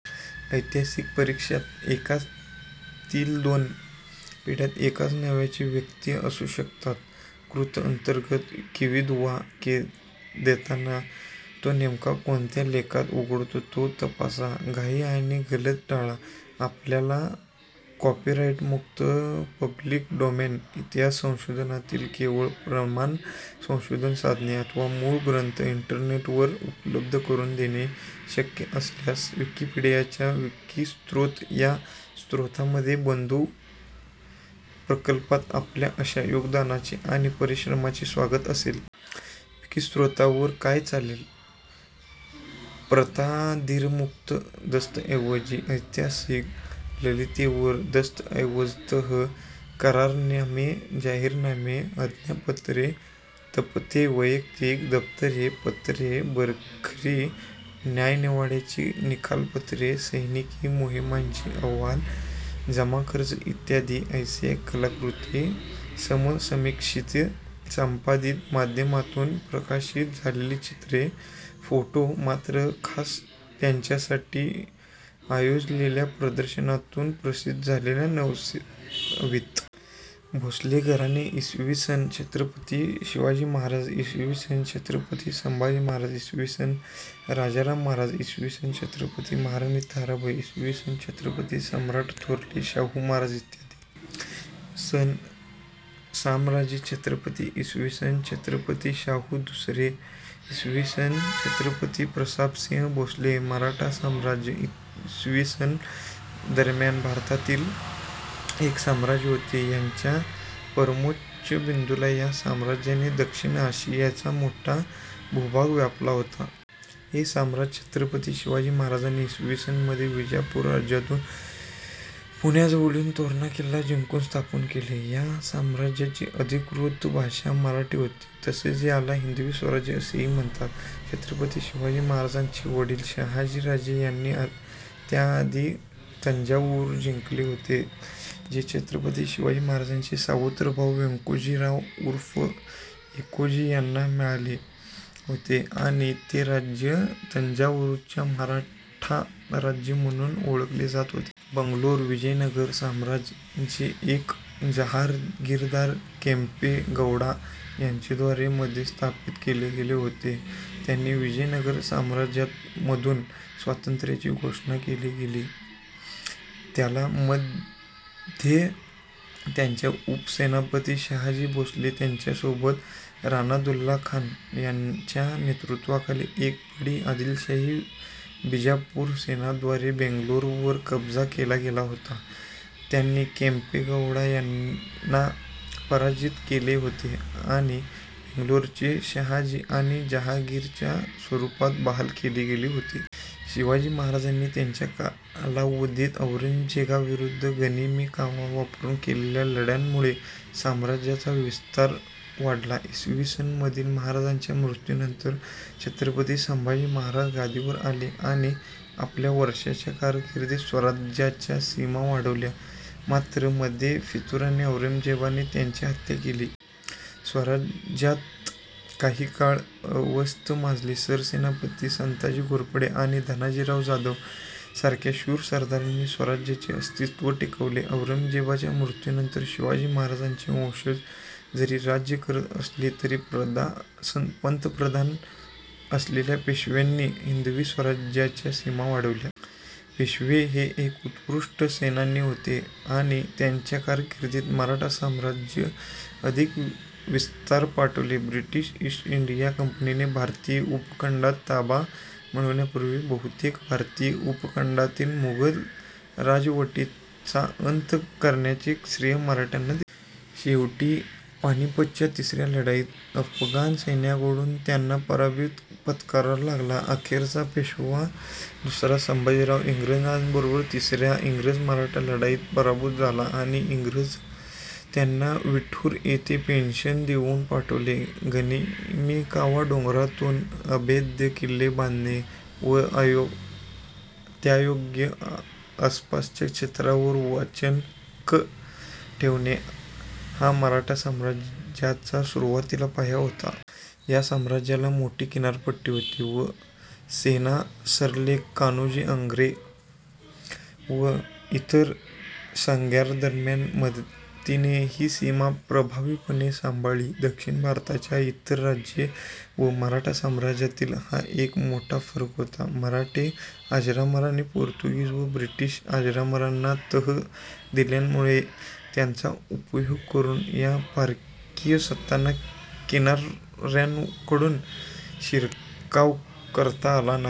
ऐतिहासिक परिपेक्षात एकाच तील दोन पिढ्यात एकाच नावाच्या व्यक्ती असु शकतात. कृ. अंतर्गत विकिदुवा देताना, तो नेमका कोणत्या लेखात उघडतो ते तपासा; घाई आणि गल्लत टाळा. आपल्याला कॉपीराइटमुक्त पब्लीक डॉमेन इतिहास संशोधनातील केवळ प्रमाण संशोधन साधने अथवा मूळ ग्रंथ इंटरनेटवर उपलब्ध करून देणे शक्य असल्यास विकिपीडियाच्या विकिस्रोत या मुक्तस्रोत बन्धू प्रकल्पात आपल्या अशा योगदानाचे आणि परिश्रमाचे स्वागत असेल. विकिस्रोतावर काय चालेल? प्रताधिकारमुक्त दस्तऐवज ऐतिहासिक ललितेतर दस्तऐवज तह/करारनामे, जाहीरनामे, आज्ञापत्रे, फतवे, वैयक्तिक दप्तरे/पत्रे, बखरी, न्यायनिवाड्याची निकालपत्रे, सैनिकी मोहिमांचे अहवाल/जमाखर्च इत्यादी. ऐतिहासिक कलाकॄती समसमीक्षित किंवा संपादित माध्यमांतून प्रकाशित झालेली चित्रे/फोटो; मात्र खास त्यांच्यासाठी आयोजलेल्या प्रदर्शनांतून प्रसिद्ध झालेली नसावीत. भोसले घराणे इ. स.: छत्रपती शिवाजी महाराज इ. स.: छत्रपती संभाजी महाराज इ. स.: छत्रपती राजाराम महाराज इ. स.: छत्रपती महाराणी ताराबाई इ. स.: छत्रपती सम्राट थोरले शाहू महाराज इ. स.: रामराजे छत्रपती इ. स.: छत्रपती शाहू दुसरे इ. स.: छत्रपती प्रतापसिंह भोसले मराठा साम्राज्य इ. स. दरम्यान भारतातील एक साम्राज्य होते. याच्या परमोच्च बिंदूला या साम्राज्याने दक्षिण आशियाचा मोठा भूभाग व्यापला होता. हे साम्राज्य छत्रपती शिवाजी महाराजांनी इ. स. मध्ये विजापूर राज्यातून पुण्याजवळील तोरणा किल्ला जिंकून स्थापन केले. या साम्राज्याची अधिकृत भाषा मराठी होती, तसेच याला हिंदवी स्वराज्य असेही म्हणतात. छत्रपती शिवाजी महाराजांचे वडील शहाजी राजे यांनी त्याआधी तंजावुर जिंकले होते, जे छत्रपती शिवाजी महाराजांचे सावत्र भाऊ, व्यंकोजी राव उर्फ एकोजी यांना मिळाले होते आणि ते राज्य, तंजावुरचे मराठा राज्य म्हणून ओळखले जात होते. बंगलोर विजयनगर साम्राज्य जे एक जहागिरदार, केम्पे गौड़ा यांचेद्वारे मध्ये स्थापित केले गेले होते, त्यांनी विजयनगर साम्राज्यामधून स्वातंत्र्याची घोषणा केली होती, त्याला मध्ये त्यांच्या उपसेनापती, शाहजी भोसले यांच्यासोबत रानादुल्ला खान यांच्या नेतृत्वाखाली एक बड़ी आदिलशाही बीजापुर सेना द्वारे बेंगलोरवर कब्जा केला गेला होता, ज्यांनी केंम्पे गौड़ा यांना पराजित केले होते आणि बेंगलोरचे शाहजी यांना जहागिर च्या स्वरूपात बहाल केली गेली होती. शिवाजी महाराजांनी त्यांच्या कालावधीत औरंगजेबाविरूद्ध गनिमी कावा वापरून केलेल्या लढायांमुळे साम्राज्याचा विस्तार वाढला. इ. स. मधील महाराजांच्या मृत्यूनंतर छत्रपती संभाजी महाराज गादीवर आले आणि आपल्या वर्षाच्या कारकिर्दीत स्वराज्याच्या सीमा वाढवल्या, मात्र मध्ये फितुरीने औरंगजेबाने त्यांची हत्त्या केली. स्वराज्यात काही काळ अस्थैर्य माजले, सरसेनापती संताजी घोरपडे आणि धनाजीराव जाधव सारख्या शूर सरदारांनी स्वराज्याचे अस्तित्त्व टिकवले. औरंगजेबाच्या मृत्यूनंतर शिवाजी महाराजांचे वंशज जरी राज्य करत असले तरी पंतप्रधान असलेल्या पेशव्यांनी हिंदवी स्वराज्याच्या सिमा वाढविल्या. पेशवे हे एक उत्कृष्ट सेनानी होते आणि त्यांच्या कारकिर्दीत मराठा साम्राज्य अधिक विस्तार पावले. ब्रिटिश ईस्ट इंडिया कंपनीने भारतीय उपखंडावर ताबा मिळवण्यापूर्वी बहुतेक भारतीय उपखंडातील मुघल राजवटीचा अंत करण्याचे श्रेय मराठ्यांना दिले जाते. शेवटी पानिपतच्या तिसऱ्या लढाईत अफगाण सैन्याकडून त्यांना पराभव पत्करावा लागला. अखेरचा पेशवा दुसरा बाजीराव इंग्रजांबरोबर, तिसऱ्या इंग्रज-मराठा लढाईत पराभूत झाला व इंग्रज त्यांना बिठूर येथे पेन्शन देऊन पाठवले. गनिमी कावा, डोंगरांतून अभेद्य किल्ले बांधणे व त्यायोगे आसपासच्या क्षेत्रावर वचक ठेवणे हा मराठा साम्राज्याचा सुरुवातीला पाया होता. या साम्राज्याला मोठी किनारपट्टी होती व सेनासरखेल कान्होजी आंग्रे व इतर दर्यासारंगांच्या मदतीने ही सीमा प्रभावीपणे सांभाळली. दक्षिण भारताच्या इतर राज्ये व मराठा साम्राज्यातील हा एक मोठा फरक होता. मराठा आरमाराने पोर्तुगीज व ब्रिटिश आरमारांना शह दिल्यामुळे त्यांचा उपयोग करून या परकीय सत्तांना किनाऱ्यांकडून शिरकाव करता आला नाही.